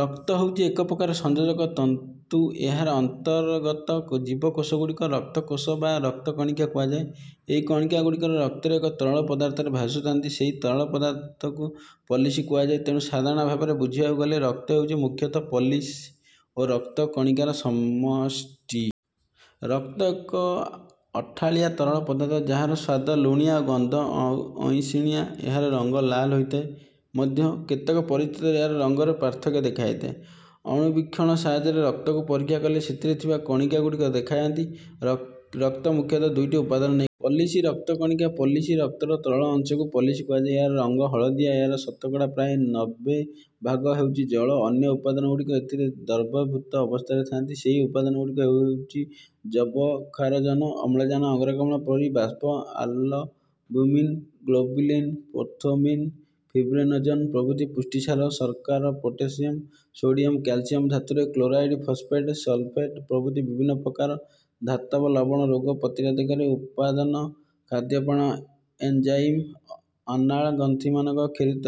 ରକ୍ତ ହେଉଚି ଏକ ପ୍ରକାର ସଂଯୋଜକ ତନ୍ତୁ। ଏହାର ଅନ୍ତର୍ଗତ ଜୀବକୋଷଗୁଡ଼ିକୁ ରକ୍ତ କୋଷ ବା ରକ୍ତକଣିକା କୁହାଯାଏ। ଏହି କଣିକାଗୁଡ଼ିକ ରକ୍ତରେ ଏକ ତରଳ ପଦାର୍ଥରେ ଭାସୁଥାନ୍ତି ସେହି ତରଳ ପଦାର୍ଥକୁ ପ୍ରଲସି କୁହାଯାଏ। ତେଣୁ ସାଧାରଣ ଭାବରେ ବୁଝିବାକୁ ଗଲେ ରକ୍ତ ହେଉଛି ମୁଖ୍ୟତଃ ପ୍ରଲସି ଓ ରକ୍ତ କଣିକାର ସମଷ୍ଟି। ରକ୍ତ ଏକ ଅଠାଳିଆ ତରଳ ପଦାର୍ଥ ଯାହାର ସ୍ୱାଦ ଲୁଣିଆ ଓ ଗନ୍ଧ ଅଇଁଷିଣିଆ। ଏହାର ରଙ୍ଗ ଲାଲ ହୋଇଥିଲେ ମଧ୍ୟ କେତେକ ପରିସ୍ଥିତିରେ ଏହାର ରଙ୍ଗରେ ପାର୍ଥକ୍ୟ ଦେଖାଯାଇଥାଏ। ଅଣୁବୀକ୍ଷଣ ସାହାଯ୍ୟରେ ରକ୍ତକୁ ପରୀକ୍ଷା କଲେ ସେଥିରେ ଥିବା କଣିକାଗୁଡ଼ିକ ଦେଖାଯାନ୍ତି। ରକ୍ତ ମୁଖ୍ୟତଃ ଦୁଇଟି ଉପାଦାନକୁ ନେଇ । ପ୍ରଲସି ରକ୍ତକଣିକା। ପ୍ରଲସି ରକ୍ତର ତରଳ ଅଂଶକୁ ପ୍ରଲସି କୁହାଯାଏ। ଏହାର ରଙ୍ଗ ହଳଦିଆ। ଏହାର ଶତକଡ଼ା ପ୍ରାୟ ନବ୍ବେ ଭାଗ ହେଉଛି ଜଳ। ଅନ୍ୟ ଉପାଦାନଗୁଡ଼ିକ ଏଥିରେ ଦ୍ରବୀଭୂତ ଅବସ୍ଥାରେ ଥାନ୍ତି। ସେହି ଉପାଦାନଗୁଡ଼ିକ ହେଉଛି ଯବକ୍ଷାରଜାନ ଅମ୍ଳଜାନ ଅଙ୍ଗାରକାମ୍ଳ ପରି ବାଷ୍ପ ଆଲବୁମିନ୍ ଗ୍ଲୋବୁଲିନ୍ ପ୍ରୋଥ୍ରୋମ୍ବିନ୍ ଫିବ୍ରିନୋଜେନ୍ ପ୍ରଭୃତି ପୁଷ୍ଟିସାର ଶର୍କରା ପୋଟାସିୟମ୍ ସୋଡିୟମ୍ କ୍ୟାଲସିୟମ୍ ଧାତୁର କ୍ଲୋରାଇଡ୍ ଫସଫେଟ୍ ସଲଫେଟ୍ ପ୍ରଭୃତି ବିଭିନ୍ନ ପ୍ରକାର ଧାତବ ଲବଣ ରୋଗ ପ୍ରତିରୋଧକାରୀ ଉପାଦାନ ଖାଦ୍ୟପ୍ରାଣ ଏଞ୍ଜାଇମ୍ ଅନାଳ ଗ୍ରନ୍ଥିମାନଙ୍କରୁ କ୍ଷରିତ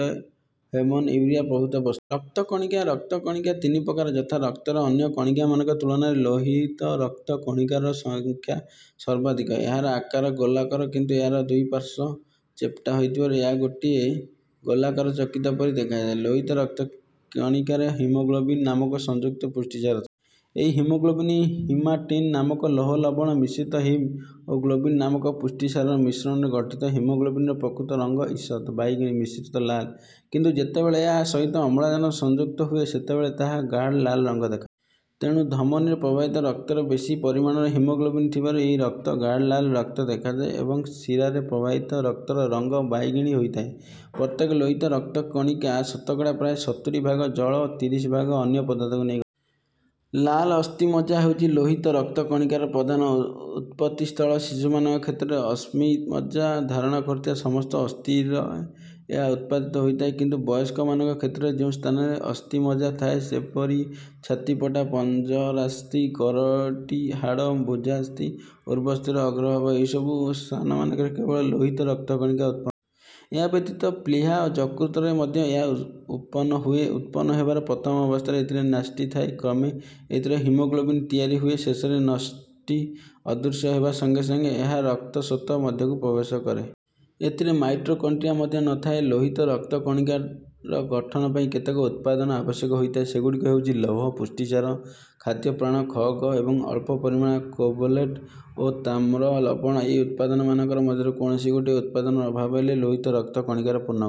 ହର୍ମୋନ୍ ୟୁରିଆ ପ୍ରଭୃତି ବସ୍ତୁ। ରକ୍ତ କଣିକା ରକ୍ତକଣିକା ତିନି ପ୍ରକାରର ଯଥା ରକ୍ତରେ ଅନ୍ୟ କଣିକାମାନଙ୍କ ତୁଳନାରେ ଲୋହିତ ରକ୍ତ କଣିକାର ସଂଖ୍ୟା ସର୍ବାଧିକ। ଏହାର ଆକାର ଗୋଲାକାର କିନ୍ତୁ ଏହାର ଦୁଇପାର୍ଶ୍ୱ ଚେପଟା ହୋଇଥିବାରୁ ଏହା ଗୋଟିଏ ଗୋଲାକାର ଚକତି ପରି ଦେଖାଯାଏ। ଲୋହିତ ରକ୍ତ କଣିକାରେ ହିମୋଗ୍ଲୋବିନ ନାମକ ସଂଯୁକ୍ତ ପୁଷ୍ଟିସାର ଥାଏ। ଏହି ହିମୋଗ୍ଲୋବିନ ହିମାଟିନ ନାମକ ଲୌହ ଲବଣ ମିଶ୍ରିତ ହିମ୍ ଓ ଗ୍ଲୋବିନ ନାମକ ପୁଷ୍ଟିସାରର ମିଶ୍ରଣରେ ଗଠିତ। ହିମାଗ୍ଲୋବିନର ପ୍ରକୃତ ରଙ୍ଗ ଈଷତ ବାଇଗଣୀ ମିଶ୍ରିତ ଲାଲ। କିନ୍ତୁ ଯେତେବେଳେ ଏହା ସହିତ ଅମ୍ଳଜାନ ସଂଯୁକ୍ତ ହୁଏ ସେତେବେଳେ ତାହା ଗାଢ଼ ଲାଲ ରଙ୍ଗ ଦେଖାଯାଏ। ତେଣୁ ଧମନୀରେ ପ୍ରବାହିତ ରକ୍ତରେ ବେଶି ପରିମାଣରେ ହିମୋଗ୍ଲୋବିନ ଥିବାରୁ ଏହି ରକ୍ତ ଗାଢ଼ଲାଲ ରଙ୍ଗ ଦେଖାଯାଏ ଏବଂ ଶିରାରେ ପ୍ରବାହିତ ରକ୍ତର ରଙ୍ଗ ବାଇଗଣୀ ହୋଇଥାଏ। ପ୍ରତ୍ୟେକ ଲୋହିତ ରକ୍ତ କଣିକା ଶତକଡ଼ା ପ୍ରାୟ ସତୁରି ଭାଗ ଜଳ ଓ ତିରିଶ ଭାଗ ଅନ୍ୟ ପଦାର୍ଥକୁ ନେଇ ଗଠିତ। ଲାଲ ଅସ୍ଥିମଜ୍ଜା ହେଉଛି ଲୋହିତ ରକ୍ତ କଣିକାର ପ୍ରଧାନ ଉ ଉତ୍ପତ୍ତିସ୍ଥଳ। ଶିଶୁମାନଙ୍କ କ୍ଷେତ୍ରରେ ଅସ୍ଥିମଜ୍ଜା ଧାରଣ କରୁଥିବା ସମସ୍ତ ଅସ୍ଥିର ଏହା ଉତ୍ପାଦି ହୋଇଥାଏ। କିନ୍ତୁ ବୟସ୍କମାନଙ୍କ କ୍ଷେତ୍ରରେ ଯେଉଁ ସ୍ଥାନରେ ଅସ୍ଥିମଜ୍ଜା ଥାଏ ସେପରି ଛାତିପଟା ପଞ୍ଜରାସ୍ଥି କରୋଟି ହାଡ଼ ଏବଂ ଭୁଜାସ୍ଥି ଓ ଊର୍ବସ୍ଥିର ଅଗ୍ରଭାଗ ଏହିସବୁ ସ୍ଥାନମାନଙ୍କରେ କେବଳ ଲୋହିତ ରକ୍ତକଣିକା ଉତ୍ପନ୍ନ। ଏହା ବ୍ୟତୀତ ପ୍ଳୀହା ଓ ଯକୃତ ରେ ମଧ୍ୟ ଏହା ଉ ଉତ୍ପନ୍ନ ହୁଏ। ଉତ୍ପନ୍ନ ହେବାର ପ୍ରଥମ ଅବସ୍ଥାରେ ଏଥିରେ ନ୍ୟଷ୍ଟିଥାଏ। କ୍ରମେ ଏଥିରେ ହିମୋଗ୍ଲୋବିନ ତିଆରି ହୁଏ। ଶେଷରେ ନ୍ୟଷ୍ଟି ଅଦୃଶ୍ୟ ହେବା ସଙ୍ଗେ ସଙ୍ଗେ ଏହା ରକ୍ତ ସ୍ରୋତ ମଧ୍ୟକୁ ପ୍ରବେଶ କରେ। ଏଥିରେ ମାଇଟୋକଣ୍ଡ୍ରିଆ ମଧ୍ୟ ନଥାଏ। ଲୋହିତ ରକ୍ତ କଣିକାର ଗଠନ ପାଇଁ କେତେକ ଉତ୍ପାଦାନ ଆବଶ୍ୟକ ହୋଇଥାଏ। ସେଗୁଡ଼ିକ ହେଉଛି ଲୌହ ପୁଷ୍ଟିସାର ଖାଦ୍ୟପ୍ରାଣ ଖ ଗ ଏବଂ ଅଳ୍ପ ପରିମାଣର କୋବେଲଟ୍ ଓ ତାମ୍ର ଲବଣ। ଏହି ଉପାଦାନମାନଙ୍କ ମଧ୍ୟରୁ କୌଣସି ଗୋଟିଏ ଉପାଦାନର ଅଭାବ ହେଲେ ଲୋହିତ ରକ୍ତ କଣିକାର ପୂର୍ଣ୍ଣ